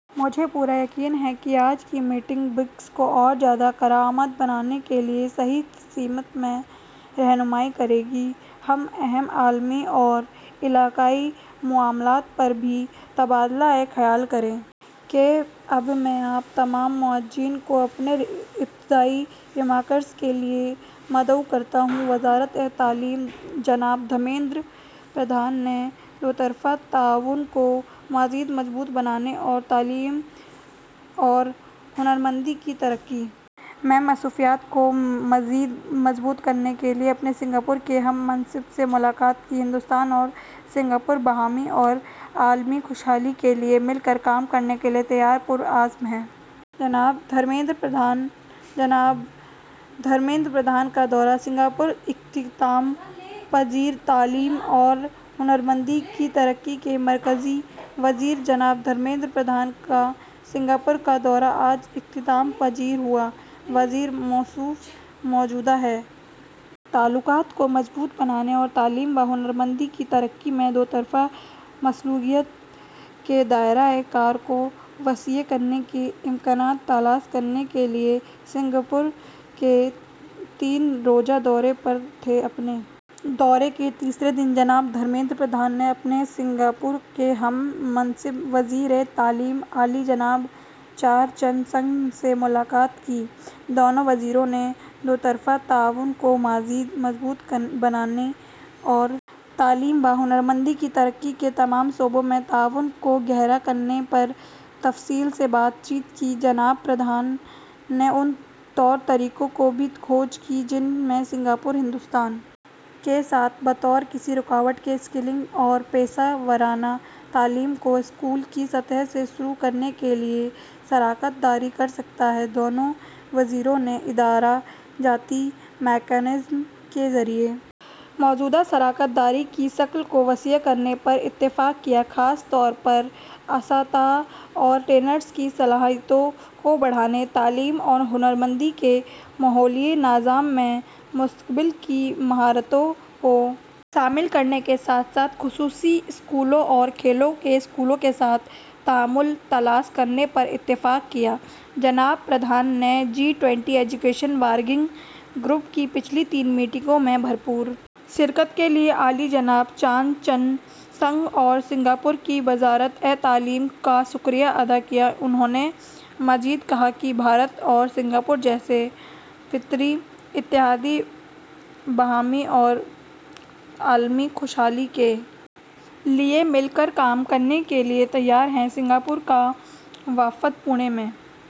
مجھے پورا یقین ہے کہ آج کی میٹنگ برکس کو اور زیادہ کارآمد بنانے کے لیے صحیح سمت میں رہنمائی کرے گی ہم اہم عالمی اور علاقائی معاملات پر بھی تبادلہ خیال کریں گے اب میں آپ تمام معززین کو اپنے ابتدائی ریمارکس کے لیے مدعو کرتا ہوں وزارت تعلیم جناب دھرمیندر پردھان نے دوطرفہ تعاون کو مزید مضبوط بنانے اور تعلیم اور ہنرمندی کی ترقی میں مصروفیات کو مزید مضبوط کرنے کے لیے اپنے سنگاپور کے ہم منصب سے ملاقات کی ہندوستان اور سنگاپور باہمی اور عالمی خوشحالی کے لیے مل کر کام کرنے کے تئیں پرعزم ہیں جناب دھرمیندر پردھان جناب دھرمیندر پردھان کا دورۂ سنگاپور اختتام پذیر تعلیم اور ہنرمندی کی ترقی کے مرکزی وزیر جناب دھرمیندر پردھان کا سنگاپور کا دورہ آج اختتام پذیر ہوا وزیر موصوف موجودہ تعلقات کو مضبوط بنانے اور تعلیم و ہنرمندی کی ترقی میں دوطرفہ مشغولیت کے دائرۂ کار کو وسیع کرنے کے امکانات تلاش کرنے کے لیے سنگاپور کے تین روزہ دورے پر تھے اپنے دورے کے تیسرے دن جناب دھرمیندر پردھان نے اپنے سنگاپور کے ہم منصب وزیر تعلیم عالی جناب چان چن سنگ سے ملاقات کی دونوں وزراء نے دوطرفہ تعاون کو مزید مضبوط بنانے اور تعلیم و ہنرمندی کی ترقی کے تمام شعبوں میں تعامل کو گہرا کرنے پر نتیجہ خیز بات چیت کی جناب پردھان نے ان طور طریقوں کی بھی کھوج کی جن میں سنگاپور ہندوستان کے ساتھ بغیر کسی رکاوٹ کے اسکلنگ اور پیشہ ورانہ تعلیم کو اسکول کی سطح سے شروع کرنے کے لیے شراکت داری کر سکتا ہے دونوں وزراء نے ادارہ جاتی میکانزم کے ذریعے موجودہ شراکت داری کی شکل کو وسیع کرنے پر اتفاق کیا خاص طور پر اساتذہ اور ٹرینرز کی صلاحیتوں کو بڑھانے تعلیم اور ہنر مندی کے ماحولیاتی نظام میں مستقبل کی مہارتوں کو شامل کرنے کے ساتھ ساتھ خصوصی اسکولوں اور کھیلوں کے اسکولوں کے ساتھ تعامل تلاش کرنے پر اتفاق کیا جناب پردھان نے G twenty education working group کی پچھلی تین میٹنگوں میں بھرپور شرکت کے لیے عالی جناب چان چن سنگ اور سنگاپور کی وزارت تعلیم کا شکریہ ادا کیا انہوں نے مزید کہا کہ بھارت اور سنگاپور جیسے فطری اتحادی باہمی اور عالمی خوشحالی کے لیے مل کر کام کرنے کے تئیں پرعزم ہیں سنگاپور کا وفد پونے میں